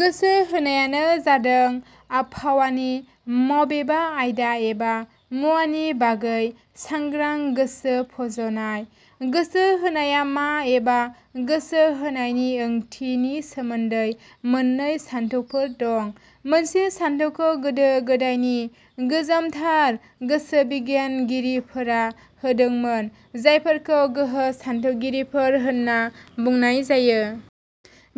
गोसो होनाया जादों आबहावानि माबेबा आयदा एबा मुवानि बागै सांग्रां गोसो फज 'नाय। गोसो होनाया मा एबा गोसो होनायनि ओंथि सोमोन्दै मोननै सान्थौफोर दं। मोनसे सान्थौखौ गोदो-गोदायनि गोजामथार गोसोबिगियानगिरिफोरा होदोंमोन जायफोरखौ गोहो सान्थौगिरिफोर होनना बुंनाय जायो।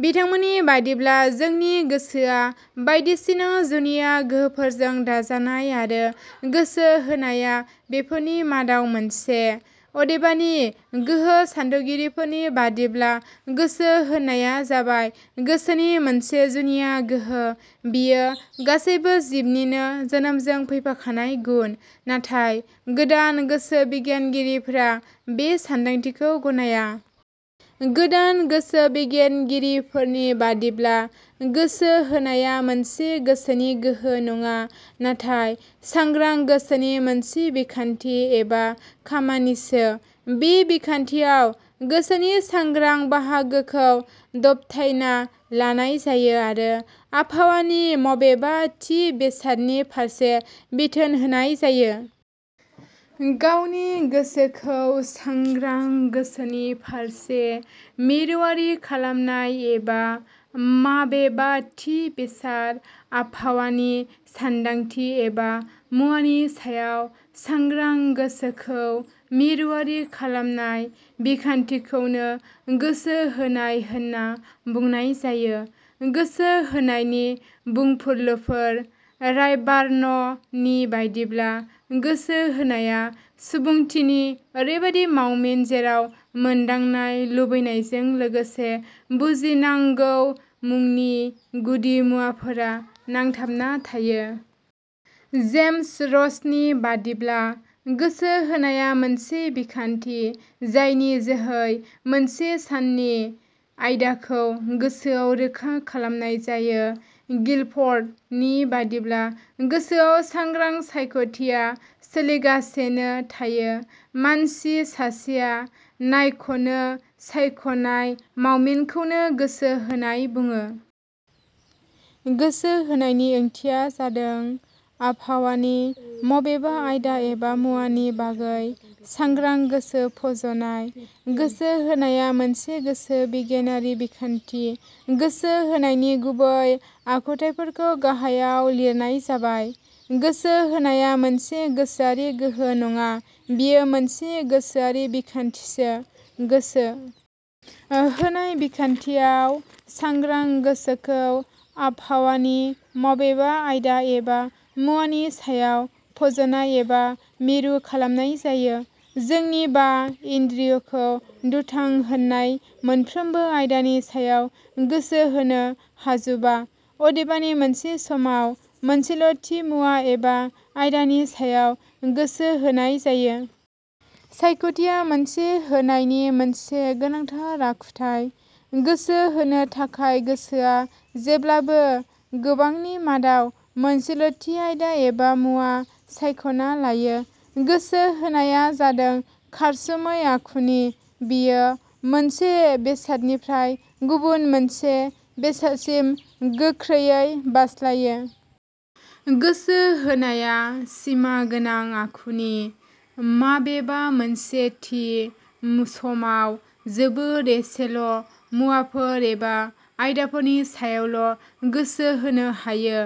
बिथांमोननि बादिब्ला जोंनि गोसोआ बायदिसिना जुनिया गोहोफोरजों दाजानाय आरो गोसो होनाया बेफोरनि मादाव मोनसे। अदेबानि गोहो सान्थौगिरिफोरनि बादिब्ला गोसो होनाया जाबाय 'गोसोनि मोनसे जुनिया गोहो'। बेयो गासैबो जिबनिनो जोनोमजों फैफाखानाय गुन। नाथाय, गोदान गोसो बिगियान गिरिफोरा बे सान्दांथिखौ गनाया। गोदान गोसो बिगियान गिरिफोरनि बादिब्ला गोसो होनाया मोनसे गोसोनि गोहो नंङा, नाथाय सांग्रां गोसोनि मोनसे बिखान्थि एखा खामानिसो। बे बिखान्थियाव गोसोनि सांग्रां बाहागोखौ दबथायना लानाय जायो आरो आबहावानि माबेबा थि बेसादनि फारसे बिथोन होनाय जायो। गावगायनि गोसोखौ सांग्रां गोसोनि फारसे मिरुवारि खालामनाय एबा माबेबा थि बेसाद, आबहावानि सान्दांथि एबा मुवानि सायाव सांग्रां गोसोखौ मिरुवारि खालामनाय बिखान्थिखौनो गोसो होनाय होनना बुंनाय जायो। गोसो होनायनि बुंफुरलुफोर रायबार्ण नि बादिब्ला, "गोसो होनाया सुबुंथिनि एरैबादि मावमिन जेराव मोनदांनाय, लुबैनायजों लोगोसे बुजिनांगौ मुनि गुदि मावमिनफोरा नांथाबना थायो। " जेमस रस नि बादिब्ला, "गोसो होनाया मोनसे बिखान्थि जायनि जोहै मोनसे साननि आयदाखौ गोसोआव रोखा खालामनाय जायो। " गिलफर्ड नि बादिब्ला, "गोसोआव सांग्रा सायख'थिया सोलिगासेनो थायो। मानसि सासेया नायख 'नो सायख 'नाय मावमिनखौनो गोसो होनाय बुंङो। गोसो होनायनि ओंथिया जादों, आबहावानि माबेबा आयदा एबा मुवानि बागै सांग्रां गोसो फज 'नाय। गोसो होनाया मोनसे गोसो-बिगियानारि बिखान्थि। गोसो होनायनि गुबै आखुथाइफोरखौ गाहायाव लिरनाय जाबाय गोसो होनाया मोनसे गोसोआरि गोहो नंङा, बेयो मोनसे गोसोआरि बिखान्थिसो। गोसो -- ओ होनाय बिखान्थियाव सांग्रां गोसोखौ आबहावानि माबेबा आयदा एबा मुवानि सायाव फज'नाय एबा मिरु खालामनाय जायो। जोंनि बा इन्द्रिय 'खौ दुथां होन्नाय मोनफ्रोमबो आयदानि सायाव गोसो होनो हाजुबा। अदेबानि मोनसे समाव मोनसेल' थि मुवा एबा आयदानि सायाव गोसो होनाय जायो। सायख'थिनाया मोनसे होनायनि मोनसे गोनांथार आखुथाइ। गोसो होनो थाखाय गोसोआ जेब्लाबो गोबांनि मादाव मोनसेल' थि आयदा एबा मुवा सायख'ना लायो। गोसो होनाया जादों खारसुमै आखुनि। बेयो मोनसे बेसादनिफ्राय गुबुन मोनसे बेसादसिम गोख्रैयै बारस्लायो। गोसो होनाया सिमा गोनां आखुनि। माबेबा मोनसे थि समाव जोबोद एसेल' मुवाफोर एबा आयदाफोरनि सायावल' गोसो होनो हायो।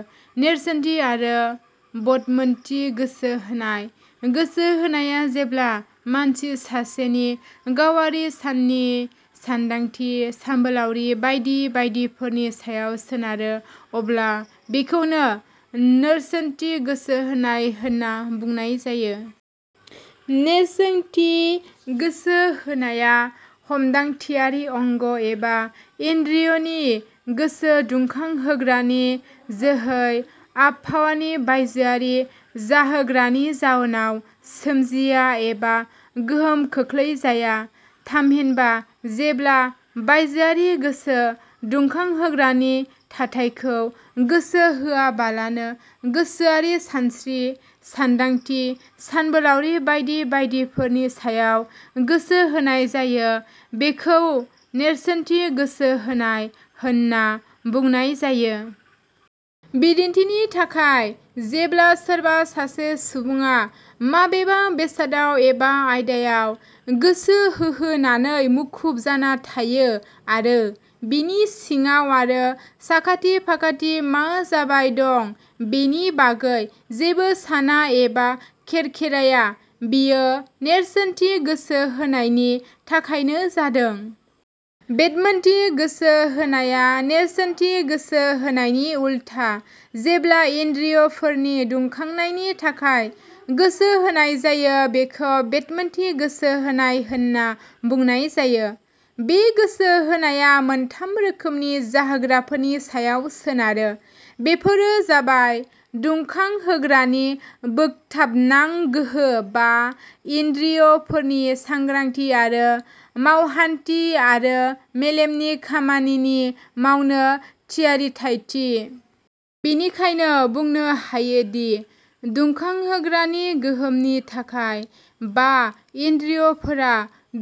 नेरसोनथि आरो बदमोनथि गोसो होनाय गोसो होनाया जेब्ला मानसि सासेनि गावारि साननि, सानदांथि, सानबोलाउरि बायदि बायदिफोरनि सायाव सोनारो अब्ला बेखौनो नोरसोनथि गोसो होनाय होनना बुंनाय जायो। नेरसोनथि गोसो होनाया हमदांथियारि अंग एबा इन्द्रिय 'नि गोसो दुखांहोग्रानि जो है आबहावानि बायजोआरि जाहोग्रानि जाउनाव सोमजिया एबा गोहोम खोख्लै जाया। थामहिनबा जेब्ला बायजोआरि गोसो दुखांहोग्रानि थाथाइखौ गोसो होआबालानो, गोसोआरि सानस्रि, सानदांथि, सानबोलाउरि बायदि बायदिफोरनि सायाव गोसो होनाय जायो बेखौ नेरसोनथि गोसो होनाय होनना बुंनाय जायो। बिदिन्थिनि थाखाय, जेब्ला सोरबा सासे सुबुंङा माबेबा बेसादाव एबा आयदायाव गोसो हो होनानै मुखुब जाना थायो आरो बिनि सिंआव आरो साखाथि-फाखाथि मा जाबाय दं, बेनि बागै जेबो साना एबा खेरखेराया, बेयो नेरसोनथि गोसो होनायनि थाखायनो जादों। बेदमोनथि गोसो होनाया नेरसोनथि गोसो होनायनि उल्था। जेब्ला इन्द्रिय 'फोरनि दुखांनायनि थाखाय गोसो होनाय जायो, बेखौ बेदमोनथि गोसो होनाय होनना बुंनाय जायो। बे गोसो होनाया मोनथाम रोखोमनि जाहोग्राफोरनि सायाव सोनारो। बेफोर जाबाय दुखांहोग्रानि बोगथाबहानां गोहो, बा इन्द्रिय 'फोरनि सांग्रांथि आरो मावहान्थि आरो मेलेमनि खामानि मावनो थियारिथाइथि। बेनिखायनो बुंनो हायोदि दुखांहोग्रानि गोहोमनि थाखाय बा इन्द्रिय 'फोरा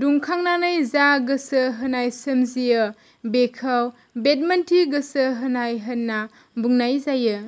दुखांनानै जा गोसो होनाय सोमजियो बेखौ बेदमोनथि गोसो होनाय होनना बुंनाय जायो।